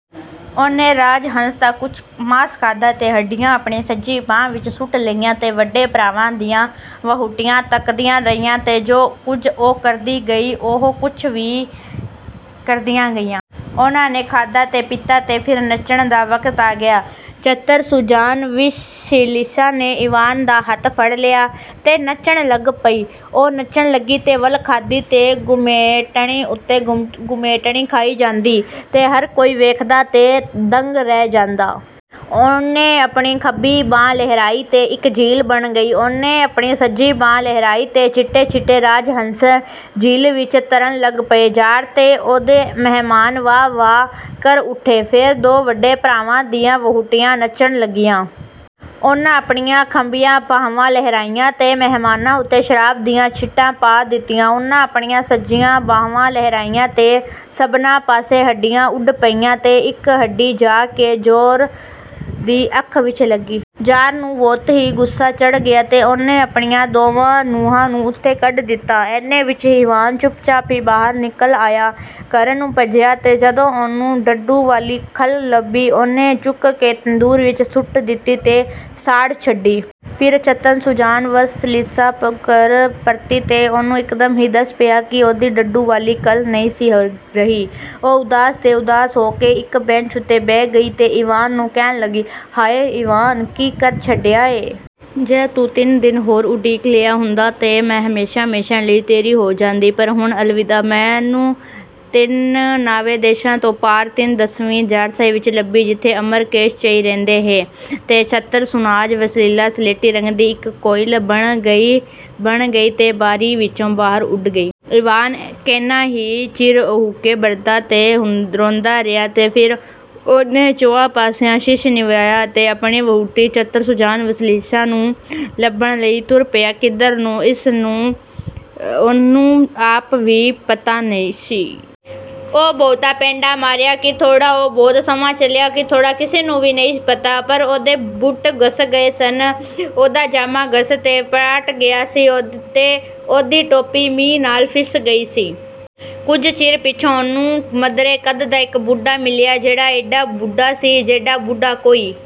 ਉਹਨੇ ਰਾਜ ਹੰਸ ਦਾ ਕੁਝ ਮਾਸ ਖਾਧਾ ਤੇ ਹੱਡੀਆਂ ਆਪਣੀ ਸੱਜੀ ਬਾਂਹ ਵਿੱਚ ਸੁੱਟ ਲਈਆਂ ਤੇ ਵੱਡੇ ਭਰਾਵਾਂ ਦੀਆਂ ਵਹੁਟੀਆਂ ਤੱਕਦੀਆਂ ਰਹੀਆਂ ਤੇ ਜੋ ਕੁਝ ਉਹ ਕਰਦੀ ਗਈ, ਉਹੋ ਕੁਝ ਵੀ ਕਰਦੀਆਂ ਗਈਆਂ। ਉਹਨਾਂ ਨੇ ਖਾਧਾ ਤੇ ਪੀਤਾ ਤੇ ਫੇਰ ਨੱਚਣ ਦਾ ਵਕਤ ਆ ਗਿਆ। ਚਤਰ-ਸੁਜਾਨ ਵਸਿਲੀਸਾ ਨੇ ਈਵਾਨ ਦਾ ਹੱਥ ਫੜ ਲਿਆ ਤੇ ਨੱਚਣ ਲੱਗ ਪਈ। ਉਹ ਨੱਚਣ ਲੱਗੀ ਤੇ ਵਲ ਖਾਂਦੀ ਤੇ ਘੁਮੇਟਣੀ ਉੱਤੇ ਘੁਮੇਟਣੀ ਖਾਈ ਜਾਂਦੀ, ਤੇ ਹਰ ਕੋਈ ਵੇਖਦਾ ਤੇ ਦੰਗ ਰਹਿ ਜਾਂਦਾ। ਉਹਨੇ ਆਪਣੀ ਖੱਬੀ ਬਾਂਹ ਲਹਿਰਾਈ ਤੇ ਇੱਕ ਝੀਲ ਬਣ ਗਈ। ਉਹਨੇ ਆਪਣੀ ਸੱਜੀ ਬਾਂਹ ਲਹਿਰਾਈ ਤੇ ਚਿੱਟੇ-ਚਿੱਟੇ ਰਾਜ ਹੰਸ ਝੀਲ ਵਿੱਚ ਤਰਨ ਲੱਗ ਪਏ। ਜ਼ਾਰ ਤੇ ਉਹਦੇ ਮਹਿਮਾਨ ਵਾਹ-ਵਾਹ ਕਰ ਉੱਠੇ। ਫੇਰ ਦੋ ਵੱਡੇ ਭਰਾਵਾਂ ਦੀਆਂ ਵਹੁਟੀਆਂ ਨੱਚਣ ਲੱਗੀਆਂ। ਉਹਨਾਂ ਆਪਣੀਆਂ ਖੱਬੀਆਂ ਬਾਹਵਾਂ ਲਹਿਰਾਈਆਂ ਤੇ ਮਹਿਮਾਨਾਂ ਉੱਤੇ ਸ਼ਰਾਬ ਦੀਆਂ ਛਿੱਟਾਂ ਪਾ ਦਿੱਤੀਆਂ। ਉਹਨਾਂ ਆਪਣੀਆਂ ਸੱਜੀਆਂ ਬਾਹਵਾਂ ਲਹਿਰਾਈਆਂ ਤੇ ਸਭਨਾਂ ਪਾਸੇ ਹੱਡੀਆਂ ਉੱਡ ਪਈਆਂ ਤੇ ਇੱਕ ਹੱਡੀ ਜਾ ਕੇ ਜ਼ੋਰ ਦੀ ਅੱਖ ਵਿੱਚ ਲੱਗੀ। ਜ਼ਾਰ ਨੂੰ ਬਹੁਤ ਹੀ ਗੁੱਸਾ ਚੜ੍ਹ ਗਿਆ ਤੇ ਉਹਨੇ ਆਪਣੀਆਂ ਦੋਵਾਂ ਨੂੰਹਾਂ ਨੂੰ ਉਥੋਂ ਕੱਢ ਦਿੱਤਾ। ਏਨੇ ਵਿੱਚ ਈਵਾਨ ਚੁੱਪਚਾਪ ਹੀ ਬਾਹਰ ਨਿਕਲ ਆਇਆ, ਘਰ ਨੂੰ ਭੱਜਿਆ ਤੇ ਜਦੋਂ ਉਹਨੂੰ ਡੱਡੂ ਵਾਲੀ ਖੱਲ ਲੱਭੀ, ਉਹਨੇ ਚੁੱਕ ਕੇ ਤੰਦੂਰ ਵਿੱਚ ਸੁੱਟ ਦਿੱਤੀ ਤੇ ਸਾੜ ਛੱਡੀ। ਫੇਰ ਚਤਰ-ਸੁਜਾਨ ਵਸਿਲੀਸਾ ਘਰ ਪੱਟੀ ਤੇ ਉਹਨੂੰ ਇਕਦਮ ਹੀ ਦਿਸ ਪਿਆ ਕਿ ਉਹਦੀ ਡੱਡੂ ਵਾਲੀ ਖੱਲ ਨਹੀਂ ਸੀ ਰਹੀ। ਉਹ ਉਦਾਸ ਤੇ ਉਦਾਸ ਹੋ ਕੇ ਇੱਕ ਬੈਂਚ ਉੱਤੇ ਬਹਿ ਗਈ ਤੇ ਈਵਾਨ ਨੂੰ ਕਹਿਣ ਲੱਗੀ, "ਹਾਇ, ਈਵਾਨ, ਕੀ ਕਰ ਛੱਡਿਆ ਈ? ਜੇ ਤੂੰ ਤਿੰਨ ਦਿਨ ਹੋਰ ਉਡੀਕ ਲਿਆ ਹੁੰਦਾ ਤੇ ਮੈਂ ਹਮੇਸ਼ਾਂ-ਹਮੇਸ਼ਾਂ ਲਈ ਤੇਰੀ ਹੋ ਜਾਂਦੀ। ਪਰ ਹੁਣ ਅਲਵਿਦਾ। ਮੈਨੂੰ ਤਿੰਨ-ਨਾਵੇ ਦੇਸ਼ਾਂ ਤੋਂ ਪਾਰ ਤਿੰਨ-ਦਸਵੀਂ ਜ਼ਾਰਸ਼ਾਹੀ ਵਿੱਚ ਲੱਭੀਂ, ਜਿੱਥੇ ਅਮਰ ਕੋਸ਼ਚੇਈ ਰਹਿੰਦਾ ਏ।" ਤੇ ਚਤਰ-ਸੁਜਾਨ ਵਸਿਲੀਸਾ ਸਲੇਟੀ ਰੰਗ ਦੀ ਇੱਕ ਕੋਇਲ ਬਣ ਗਈ ਤੇ ਬਾਰੀ ਵਿੱਚੋਂ ਬਾਹਰ ਉੱਡ ਗਈ। ਈਵਾਨ ਕਿੰਨਾ ਹੀ ਚਿਰ ਹਉਕੇ ਭਰਦਾ ਤੇ ਰੋਂਦਾ ਰਿਹਾ ਤੇ ਫੇਰ ਉਹਨੇ ਚੌਹਾਂ ਪਾਸਿਆਂ ਸੀਸ ਨਿਵਾਇਆ ਅਤੇ ਆਪਣੀ ਵਹੁਟੀ, ਚਤਰ-ਸੁਜਾਨ ਵਸਿਲੀਸਾ, ਨੂੰ ਲੱਭਣ ਲਈ ਤੁਰ ਪਿਆ। ਕਿੱਧਰ ਨੂੰ? ਇਸ ਨੂੰ ਉਹਨੂੰ ਆਪ ਵੀ ਪਤਾ ਨਹੀਂ ਸੀ। ਉਹ ਬਹੁਤਾ ਪੈਂਡਾ ਮਾਰਿਆ ਕਿ ਥੋੜ੍ਹਾ, ਉਹ ਬਹੁਤ ਸਮਾਂ ਚੱਲਿਆ ਕਿ ਥੋੜ੍ਹਾ, ਕਿਸੇ ਨੂੰ ਵੀ ਨਹੀਂ ਪਤਾ। ਪਰ ਉਹਦੇ ਬੂਟ ਘਸ ਗਏ ਸਨ, ਉਹਦਾ ਜਾਮਾ ਘਸ ਤੇ ਪਾਟ ਗਿਆ ਸੀ ਅਤੇ ਉਹਦੀ ਟੋਪੀ ਮੀਂਹ ਨਾਲ ਫਿੱਸ ਗਈ ਸੀ। ਕੁਝ ਚਿਰ ਪਿੱਛੋਂ ਉਹਨੂੰ ਮਧਰੇ ਕੱਦ ਦਾ ਇੱਕ ਬੁੱਢਾ ਮਿਲਿਆ, ਜਿਹੜਾ ਏਡਾ ਬੁੱਢਾ ਸੀ, ਜਿੱਡਾ ਬੁੱਢਾ ਕੋਈ